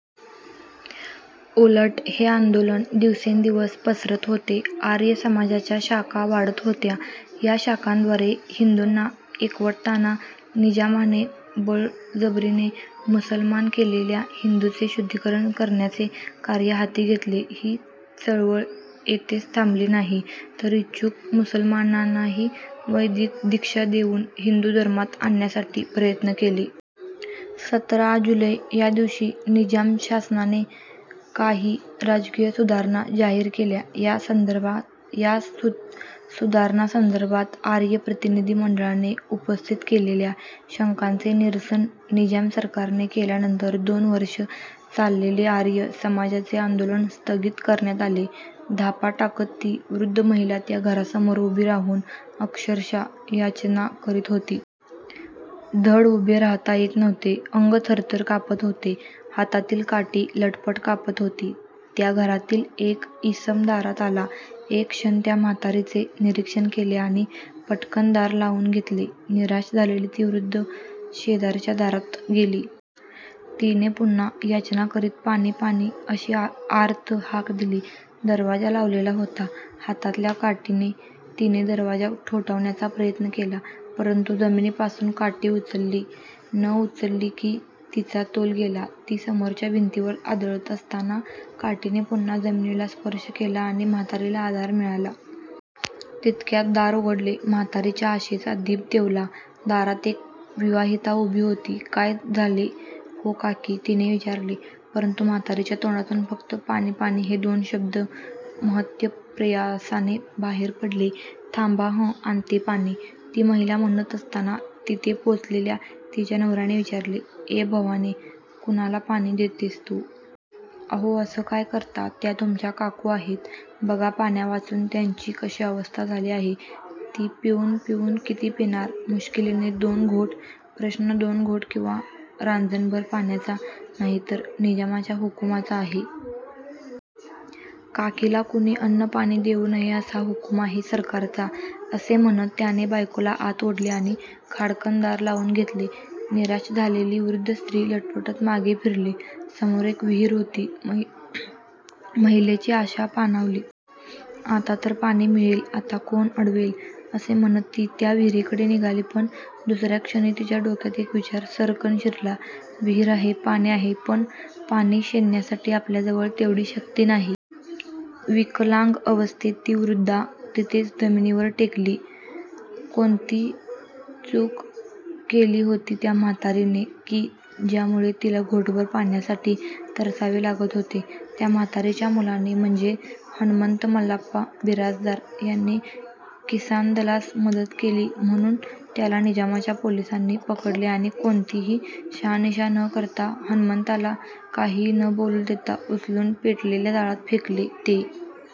उलट हे आंदोलन दिवसेंदिवस पसरत होते. आर्य समाजाच्या शाखा वाढत होत्या. या शाखांद्वारे हिंदूंना एकवटताना निजामाने बळजबरीने मुसलमान केलेल्या हिंदूंचे शुद्धीकरण करण्याचे कार्य हाती घेतले. ही चळवळ येथेच थांबली नाही, तर इच्छुक मुसलमानांनाही वैदिक दीक्षा देऊन हिंदू धर्मात आणण्यासाठी प्रयत्न केले. सतरा जुलै यादिवशी निजाम शासनाने काही राजकीय सुधारणा जाहीर केल्या. या सुधारणासंदर्भात आर्य प्रतिनिधी मंडळाने उपस्थित केलेल्या शंकांचे निरसन निजाम सरकारने केल्यानंतर दोन वर्षे चाललेले आर्य समाजाचे आंदोलन स्थगित करण्यात आले. धापा टाकत ती वृद्ध महिला त्या घरासमोर उभी राहून अक्षरशः याचना करीत होती. धड उभे राहता येत नव्हते. अंग थरथर कापत होते. हातातील काठी लटलट कापत होती. त्या घरातील एक इसम दारात आला. एक क्षण त्या म्हातारीचे निरीक्षण केले आणि पटकन दार लावून घेतले. निराश झालेली ती वृद्धा शेजारच्या दारात गेली. तिने पुन्हा याचना करीत पाणी पाणी, अशी आर्त हाक दिली. दरवाजा लावलेला होता. हातातल्या काठीने तिने दरवाजा ठोठावण्याचा प्रयत्न केला, परंतु जमिनीपासून काठी उचलली न उचलली की तिचा तोल गेला. ती समोरच्या भिंतीवर आदळत असताना काठीने पुन्हा जमिनीला स्पर्श केला आणि म्हातारीला आधार मिळाला. तितक्यात दार उघडले. म्हातारीच्या आशेचा दीप तेवला. दारात एक विवाहिता उभी होती. काय झाले हो काकी? तिने विचारले, परंतु म्हातारीच्या तोंडातून फक्त पाणी पाणी हे दोन शब्द महत्प्रयासाने बाहेर पडले. थांबा हं. आणते पाणी, ती महिला म्हणत असताना तिथे पोहोचलेल्या तिच्या नवऱ्याने विचारले, ए भवाने, कुणाला पाणी देतेस तू? अहो, असे काय करता? त्या तुमच्या काकू आहेत. बघा पाण्यावाचून त्यांची कशी अवस्था झाली आहे ती. पिऊन पिऊन किती पिणार? मुश्किलीने दोन घोट. प्रश्न दोन घोट किंवा रांजणभर पाण्याचा नाही, तर निजामाच्या हुकुमाचा आहे. काकीला कुणी अन्न, पाणी देऊ नये असा हुकूम आहे सरकारचा, असे म्हणत त्याने बायकोला आत ओढले आणि खाडकन दार लावून घेतले. निराश झालेली वृद्ध स्त्री लटपटत मागे फिरली. समोर एक विहीर होती. महिलेची आशा पाणवली. आता तर पाणी मिळेल. आता कोण अडवेल? असे म्हणत ती त्या विहिरीकडे निघाली, पण दुसऱ्या क्षणी तिच्या डोक्यात एक विचार सर्रकन शिरला, विहीर आहे. पाणी आहे, पण पाणी शेंदण्यासाठी आपल्याजवळ तेवढी शक्ती नाही. विकलांग अवस्थेत ती वृद्धा तिथेच जमिनीवर टेकली. कोणती चूक केली होती त्या म्हातारीने की, ज्यामुळे तिला घोटभर पाण्यासाठी तरसावे लागत होते? त्या म्हातारीच्या मुलाने म्हणजे हणमंत मल्लप्पा बिराजदार यांनी किसानदलास मदत केली म्हणून त्याला निजामाच्या पोलिसांनी पकडले आणि कोणतीही शहानिशा न करता, हणमंताला काहीही न बोलू देता उचलून पेटलेल्या जाळात फेकले. ते